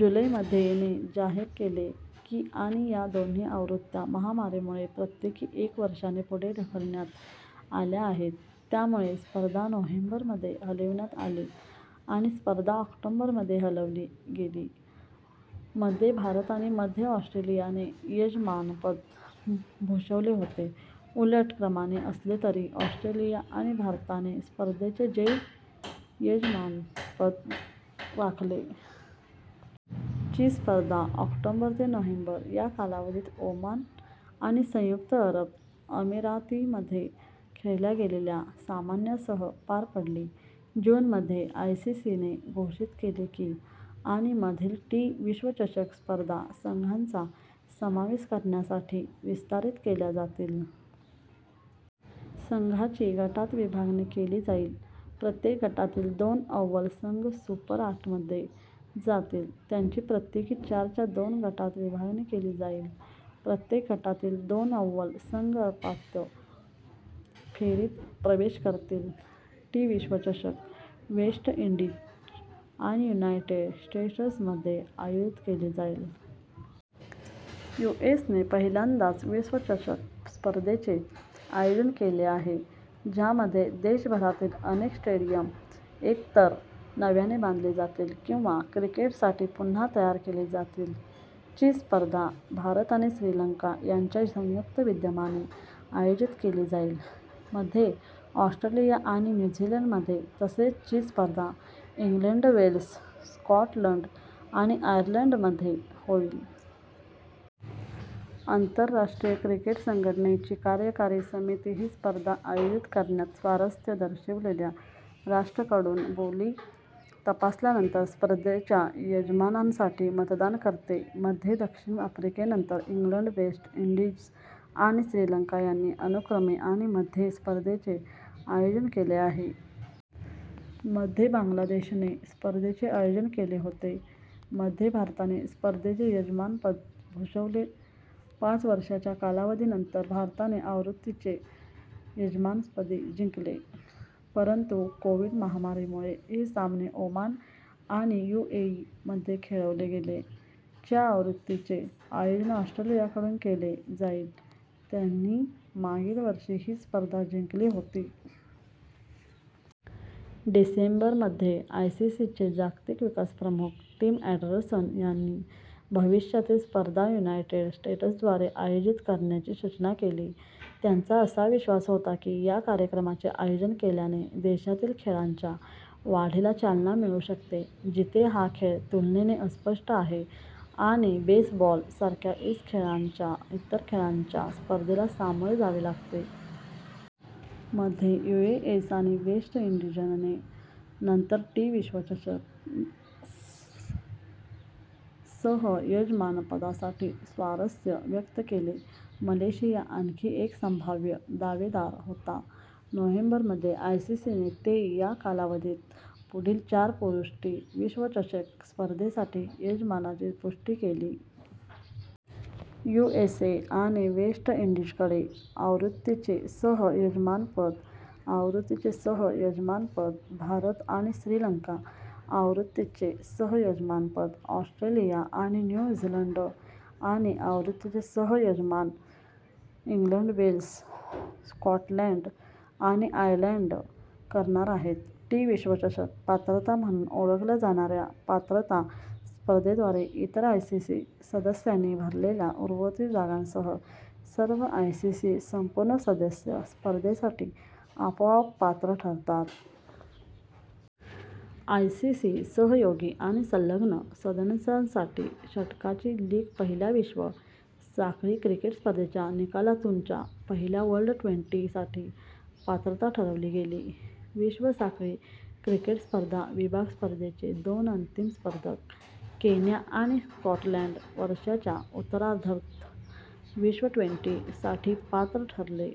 जुलै मध्ये, ने जाहीर केले की आणि या दोन्ही आवृत्त्या महामारीमुळे प्रत्येकी एक वर्षाने पुढे ढकलण्यात आल्या आहेत. त्यामुळे, स्पर्धा नोव्हेंबर मध्ये हलविण्यात आली आणि स्पर्धा ऑक्टोबर मध्ये हलवली गेली. मध्ये भारत आणि मध्ये ऑस्ट्रेलियाने यजमानपद भूषवले होते, उलट क्रमाने असले तरी ऑस्ट्रेलिया आणि भारताने स्पर्धेचे यजमानपद राखले. ची स्पर्धा ऑक्टोबर ते नोव्हेंबर या कालावधीत ओमान आणि संयुक्त अरब अमिरातीमध्ये खेळल्या गेलेल्या सामन्यांसह पार पडली.। जून मध्ये, आयसीसीने घोषित केले की,, आणि मधील टी विश्वचषक स्पर्धा संघांचा समावेश करण्यासाठी विस्तारित केल्या जातील. संघांची गटात विभागणी केली जाईल, प्रत्येक गटातील दोन अव्वल संघ सुपर आठमध्ये जातील. त्यांची प्रत्येकी चारच्या दोन गटात विभागणी केली जाईल, प्रत्येक गटातील दोन अव्वल संघ उपांत्य फेरीत प्रवेश करतील. टी विश्वचषक वेस्ट इंडीज आणि युनायटेड स्टेट्समध्ये आयोजित केला जाईल. यूएसने पहिल्यांदाच विश्वचषक स्पर्धेचे आयोजन केले आहे, ज्यामध्ये देशभरातील अनेक स्टेडियम एकतर नव्याने बांधले जातील किंवा क्रिकेटसाठी पुन्हा तयार केले जातील. ची स्पर्धा भारत आणि श्रीलंका यांच्या संयुक्त विद्यमाने आयोजित केली जाईल, मध्ये ऑस्ट्रेलिया आणि न्यू झीलंडमध्ये तसेच ची स्पर्धा इंग्लंड, वेल्स, स्कॉटलंड आणि आयर्लंडमध्ये होईल. आंतरराष्ट्रीय क्रिकेट संघटनेची कार्यकारी समिती ही स्पर्धा आयोजित करण्यात स्वारस्य दर्शविलेल्या राष्ट्रांकडून बोली तपासल्यानंतर स्पर्धेच्या यजमानांसाठी मतदान करते. मध्ये दक्षिण आफ्रिकेनंतर, इंग्लंड, वेस्ट इंडीज आणि श्रीलंका यांनी अनुक्रमे, आणि मध्ये स्पर्धेचे आयोजन केले होते. मध्ये बांगलादेशने स्पर्धेचे आयोजन केले होते. मध्ये भारताने स्पर्धेचे यजमानपद भूषवले. पाच वर्षांच्या कालावधीनंतर, भारताने आवृत्तीचे यजमानपदही जिंकले, परंतु कोविड- महामारीमुळे हे सामने ओमान आणि युएई मध्ये खेळवले गेले. च्या आवृत्तीचे आयोजन ऑस्ट्रेलियाकडून केले जाईल, ज्यांनी मागील वर्षी ही स्पर्धा जिंकली होती. डिसेंबर मध्ये, आयसीसीचे जागतिक विकास प्रमुख, टिम अँडरसन यांनी भविष्यातील स्पर्धा युनायटेड स्टेट्सद्वारे आयोजित करण्याची सूचना केली. त्यांचा असा विश्वास होता की या कार्यक्रमाचे आयोजन केल्याने देशातील खेळाच्या वाढीला चालना मिळू शकते, जिथे हा खेळ तुलनेने अस्पष्ट आहे आणि बेसबॉल सारख्या इतर खेळांच्या स्पर्धेला सामोरे जावे लागते. मध्ये, यूएसए आणि वेस्ट इंडीजने नंतर टी विश्वचषक सह-यजमानपदासाठी स्वारस्य व्यक्त केले, मलेशिया आणखी एक संभाव्य दावेदार होता. नोव्हेंबर मध्ये, आयसीसीने ते या कालावधीत पुढील चार पुरुष टी विश्वचषक स्पर्धेसाठी यजमानांची पुष्टी केली. यूएसए आणि वेस्ट इंडीजकडे आवृत्तीचे सह-यजमानपद, आवृत्तीचे सह-यजमानपद भारत आणि श्रीलंका, आवृत्तीचे सह-यजमानपद ऑस्ट्रेलिया आणि न्यू झीलंड आणि आवृत्तीचे सह-यजमान इंग्लंड, वेल्स, स्कॉटलंड आणि आयर्लंड करणार आहेत. टी विश्वचषक पात्रता म्हणून ओळखल्या जाणार्या पात्रता स्पर्धेद्वारे इतर आयसीसी सदस्यांनी भरलेल्या उर्वरित जागांसह, सर्व आयसीसी संपूर्ण सदस्य स्पर्धेसाठी आपोआप पात्र ठरतात. आयसीसी सहयोगी आणि संलग्न सदस्यांसाठी षटकांची लीग पहिल्या विश्व साखळी क्रिकेट स्पर्धेच्या निकालातून च्या पहिल्या वर्ल्ड ट्वेंटी साठी पात्रता ठरवली गेली. विश्व साखळी क्रिकेट स्पर्धा विभाग स्पर्धेचे दोन अंतिम स्पर्धक, केन्या आणि स्कॉटलंड, वर्षाच्या उत्तरार्धात विश्व ट्वेंटी साठी पात्र ठरले.